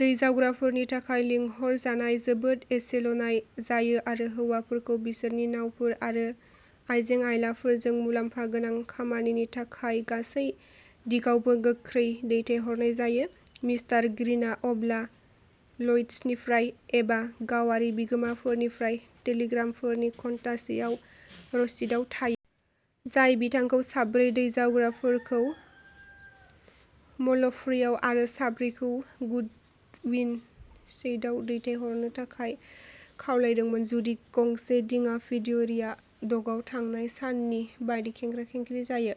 दै जावग्राफोरनि थाखाय लिंहरजानाय जोबोद एसेल'नाय जायो आरो हौवाफोरखौ बिसोरनि नावफोर आरो आइजें-आइलाफोरजों मुलाम्फा गोनां खामानिनि थाखाय गासै दिगावबो गोख्रै दैथायहरनाय जायो। मिस्टार ग्रीनआ अब्ला ल'यड्सनिफ्राय एबा गावारि बिगोमाफोरनिफ्राय टेलिग्रामफोरनि घन्टासेआव रसिदआव थायो। जाय बिथांखौ साब्रै दै जावग्राफोरखौ म'ल्फ्रेआव आरो साब्रैखौ गुडविन सैंडआव दैथायहरनो थाखाय खावलायदोंमोन। जुदि गंसे दिङा भिक्ट'रिया डकआव थांनाय साननि बायदि खेंख्रा-खेंख्रि जायो।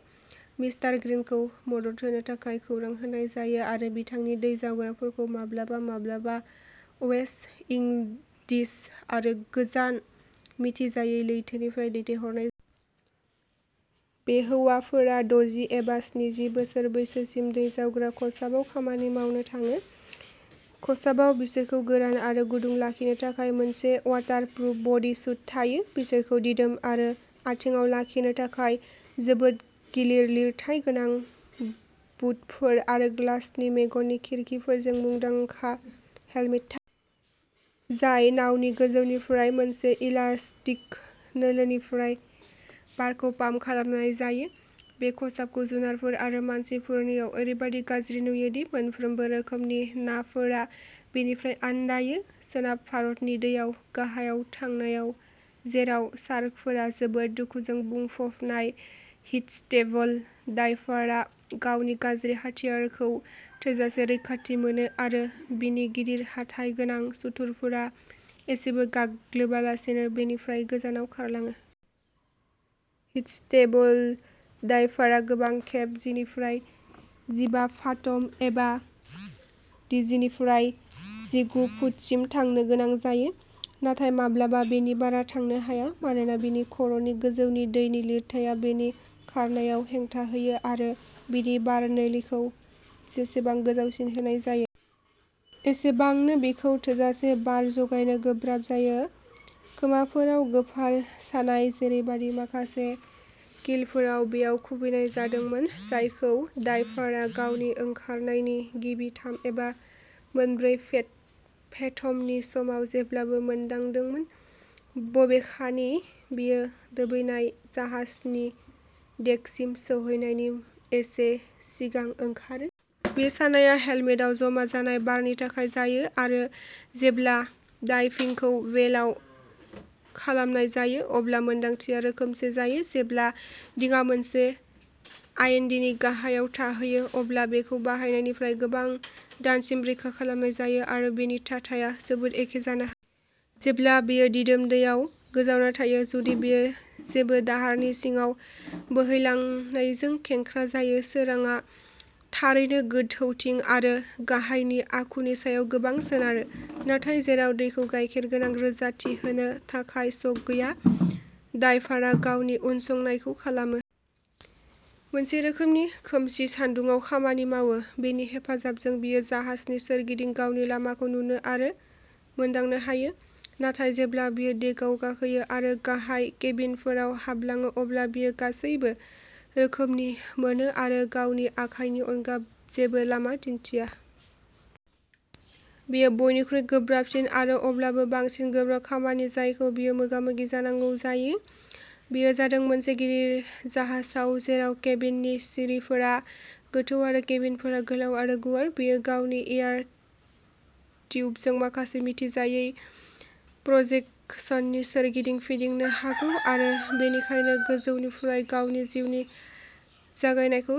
मिस्टार ग्रीनखौ मदद होनो थाखाय खौरां होनाय जायो आरो बिथांनि दै जावग्राफोरखौ माब्लाबा-माब्लाबा वेस्ट इंडिज आरो गोजान मिथिजायै लैथोनिफ्राय दैथायहरनाय जायो। बे हौवाफोरा दजि एबा स्निजि बोसोर बैसोसिम दै जावग्रा खसाबाव खामानि मावनो थाङो। खसाबाव बिसोरखौ गोरान आरो गुदुं लाखिनो थाखाय मोनसे वाटारप्रुफ बडी सुट थायो। बिसोरखौ दिदोम आरो आथिंआव लाखिनो थाखाय जोबोद गिलिर लिरथाय गोनां बुटफोर आरो ग्लासनि मेगननि खिरखिफोरजों मुंदांखा हेलमेट थायो। जाय नावनि गोजौनिफ्राय मोनसे इलास्टिक नोलिनिफ्राय बारखौ पाम्प खालामनाय जायो। बे खसाबखौ जुनारफोर आरो मानसिफोरनाव ओरैबादि गाज्रि नुयो दि मोनफ्रोमबो रोखोमनि नाफोरा बेनिफ्राय आनदायो। सोनाब भारतनि दैयाव गाहायाव थांनायाव जेराव शार्कफोरा जोबोद दुखुजों बुंफबनाय हिटस्टेबल डाइभारआ गावनि गाज्रि हाथियारखौ थोजासे रैखाथि मोनो आरो बिनि गिदिर हाथाइ गोनां सुथुरफोरा एसेबो गाग्लोबालासेनो बेनिफ्राय गोजानाव खारलाङो। हिटस्टेबल डाइभारआ गोबां खेब जिनिफ्राय जिबा फाथम एबा दजिनिफ्राय जिगु फुटसिम थांनो गोनां जायो। नाथाय माब्लाबा बेनि बारा थांनो हाया मानोना बिनि खर'नि गोजौनि दैनि लिरथाया बिनि खारनायाव हेंथा होयो आरो बिनि बार नोलिखौ जेसेबां गोलावसिन होनाय जायो। एसेबांनो बिखौ थोजासे बार जगायनो गोब्राब जायो। खोमाफोराव गोफार सानाय जेरैबादि। माखासे किलफोरखौ बेयाव खुबैनाय जादोंमोन। जायखौ डायभारआ गावनि ओंखारनायनि गिबि थाम एबा मोनब्रै फेथमनि समाव जेब्लाबो मोनदांदोंमोन। बबेखानि बेयो दोबैनाय जाहाजनि डेकसिम सौहैनायनि एसे सिगां ओंखारो। बे सानाया हेलमेटआव जमा जानाय बारनि थाखाय जायो आरो जेब्ला डाइभिंखौ बेलआव खालामनाय जायो अब्ला मोन्दांथिया रोखोमसे जायो। जेब्ला दिङा मोनसे आइन्डीनि गाहायाव थाहैयो अब्ला बेखौ बायनायनिफ्राय गोबां दानसिम रैखा खालामनाय जायो आरो बेनि थाथाया जोबोद एखे जानो जेब्ला बेयो दिदोम दैयाव गोजावना थायो जुदि बेयो जेबो दाहारनि सिङाव बोहैलांनायजों खेंख्रा जाया। सोरांआ थारैनो गोथौथि आरो गाहायनि आखुनि सायाव गोबां सोनारो। नाथाय जेराव दैखौ गायखेर गोनां रोजाथि होनो थाखाय चक गैया डायभारआ गावनि उनसंनायखौ खालामो। मोनसे रोखोमनि खोमसि सान्दुंआव खामानि मावो। बेनि हेफाजाबजों बियो जाहाजनि सोरगिदिं गावनि लामाखौ नुनो आरो मोनदांनो हायो। नाथाय जेब्ला बियो डेकआव गाखोयो आरो गाहाय केबिनफोराव हाबलाङो अब्ला बियो गासैबो खोमसि मोनो आरो गावनि आखाइनि अनगा जेबो लामा दिन्थिया। बेयो बयनिख्रुइबो गोब्राबसिन आरो अब्लाबो बांसिन गोब्राब खामानि जायखौ बियो मोगा-मोगि जानांगौ जायो। बेयो जादों मोनसे गिदिर जाहाजाव जेराव केबिननि सिरिफोरा गोथौ आरो केबिनफोरा गोलाव आरो गुवार। बियो गावनि एयार टिउबखौ माखासे मिथिजायै प्रजेकसननि सोरगिदिं फिदिंनो हागौ आरो बेनिखायनो गोजौनिफ्राय गावनि जिउनि जगायनायखौ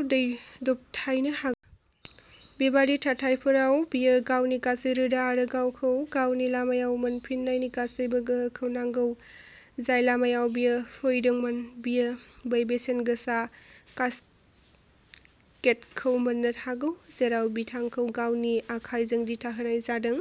दबथायनो हागौ। बेबादि थाथायफोराव बियो गावनि गासै रोदा आरो गावखौ गावनि लामायाव मोनफिननायनि गासैबो गोहोखौ नांगौ। जाय लामायाव बियो फैदोंमोन। बियो बै बेसेनगोसा कास्केटखौ मोननो हागौ। जेराव बिथांखौ गावनि आखायजों दिथा होनाय जादों।